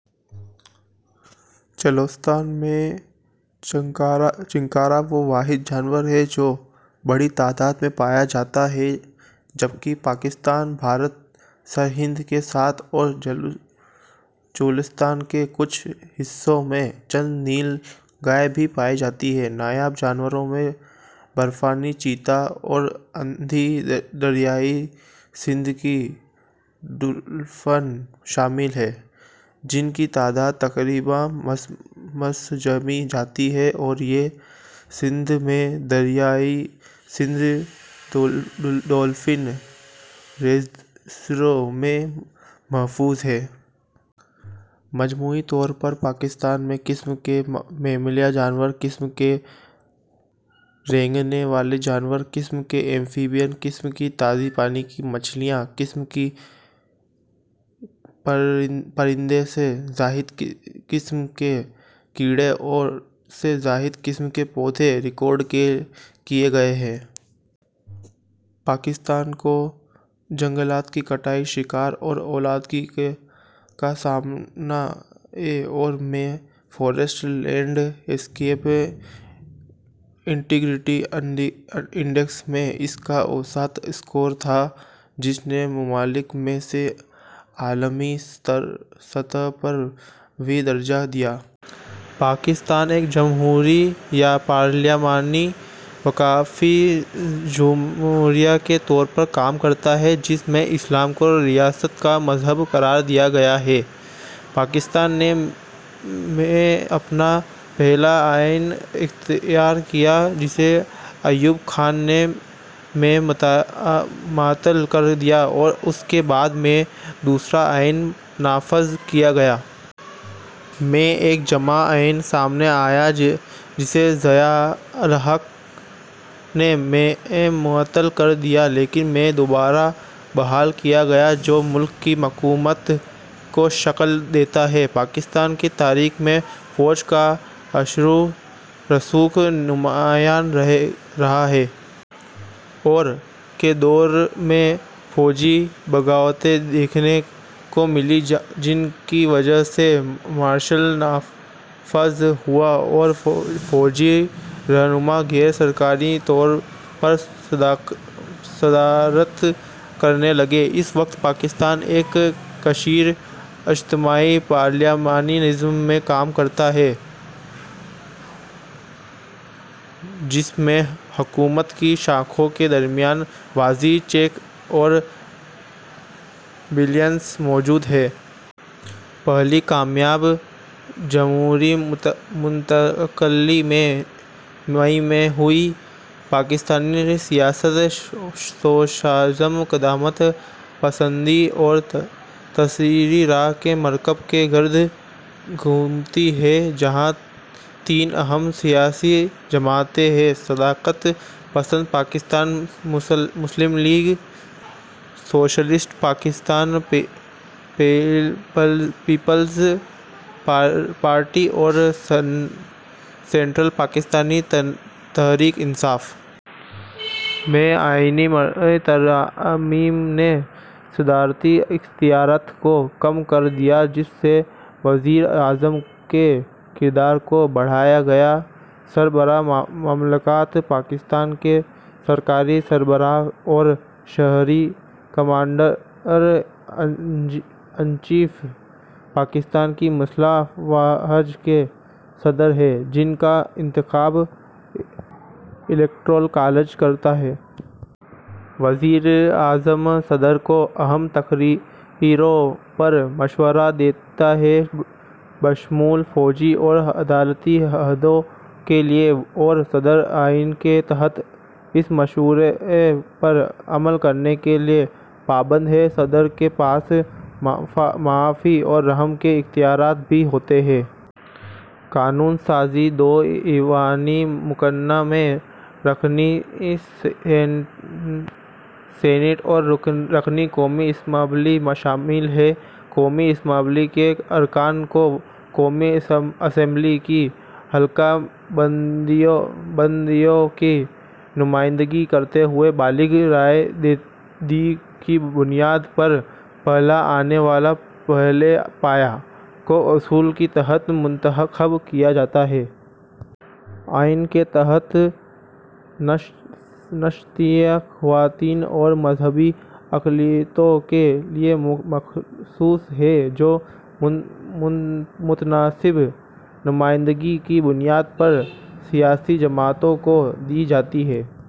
چولستان میں چنکارا وہ واحد جانور ہے جو بڑی تعداد میں پایا جاتا ہے، جبکہ پاکستان-بھارت سرحد کے ساتھ اور چولستان کے کچھ حصوں میں چند نیل گائے بھی پائی جاتی ہیں۔ نایاب جانوروں میں برفانی چیتا اور اندھی دریائے سندھ کی ڈولفن شامل ہیں، جن کی تعداد تقریباً سمجھی جاتی ہے اور یہ سندھ میں دریائے سندھ ڈولفن ریزرو میں محفوظ ہیں۔ مجموعی طور پر پاکستان میں قسم کے ممالیہ جانور، قسم کے رینگنے والے جانور، قسم کے ایمفیبین، قسم کی تازہ پانی کی مچھلیاں، قسم کے پرندے، سے زائد قسم کے کیڑے اور سے زائد قسم کے پودے ریکارڈ کیے گئے ہیں۔ پاکستان کو جنگلات کی کٹائی، شکار اور آلودگی کا سامنا ہے اور میں forest landscape integrity index میں اس کا اوسط اسکور تھا، جس نے ممالک میں سے عالمی سطح پر ویں درجہ دیا۔ پاکستان ایک جمہوری پارلیمانی وفاقی جمہوریہ کے طور پر کام کرتا ہے، جس میں اسلام کو ریاست کا مذہب قرار دیا گیا ہے۔ پاکستان نے میں اپنا پہلا آئین اختیار کیا، جسے ایوب خان نے میں معطل کر دیا اور اس کے بعد میں دوسرا آئین نافذ کیا گیا۔ میں ایک جامع آئین سامنے آیا، جسے ضیاء الحق نے میں معطل کر دیا لیکن میں دوبارہ بحال کیا گیا، جو ملک کی حکومت کو شکل دیتا ہے۔ پاکستان کی تاریخ میں فوج کا اثر و رسوخ نمایاں رہا ہے۔ ، اور – کے دور میں فوجی بغاوتیں دیکھنے کو ملیں، جن کی وجہ سے مارشل لا نافذ ہوا اور فوجی رہنما غیر سرکاری طور پر صدارت کرنے لگے۔ اس وقت، پاکستان ایک کثیر الجماعتی پارلیمانی نظام میں کام کرتا ہے، جس میں حکومت کی شاخوں کے درمیان واضح چیک اور بیلنس موجود ہیں۔ پہلی کامیاب جمہوری منتقلی مئی میں ہوئی۔ پاکستانی سیاست سوشلزم، قدامت پسندی اور تیسری راہ کے مرکب کے گرد گھومتی ہے، جہاں تین اہم سیاسی جماعتیں ہیں: قدامت پسند پاکستان مسلم league, socialist Pakistan peoples party اور سنٹرل پاکستان تحریک انصاف۔ میں آئینی ترامیم نے صدارتی اختیارات کو کم کر دیا، جس سے وزیر اعظم کے کردار کو بڑھایا گیا۔ سربراہ مملکت: پاکستان کے سرکاری سربراہ اور شہری کمانڈر انچیف پاکستان کی مسلح افواہج کے صدر ہیں، جن کا انتخاب الیکٹورل کالج کرتا ہے۔ وزیر اعظم صدر کو اہم تقرریوں پر مشورہ دیتا ہے، بشمول فوجی اور عدالتی عہدوں کے لیے اور صدر آئین کے تحت اس مشورے پر عمل کرنے کے لیے پابند ہے۔ صدر کے پاس معافی اور رحم کے اختیارات بھی ہوتے ہیں۔ قانون سازی: دو ایوانی مقننہ میں رکنی سینیٹ اور رکنی قومی اسمبلی شامل ہیں۔ قومی اسمبلی کے ارکان کو قومی اسمبلی کی حلقہ بندیوں کی نمائندگی کرتے ہوئے بالغ رائے دہی کی بنیاد پر "پہلا آنے والا، پہلے پایا" کے اصول کے تحت منتخب کیا جاتا ہے۔ آئین کے تحت نشستیں خواتین اور مذہبی اقلیتوں کے لیے مخصوص ہیں، جو متناسب نمائندگی کی بنیاد پر سیاسی جماعتوں کو دی جاتی ہیں۔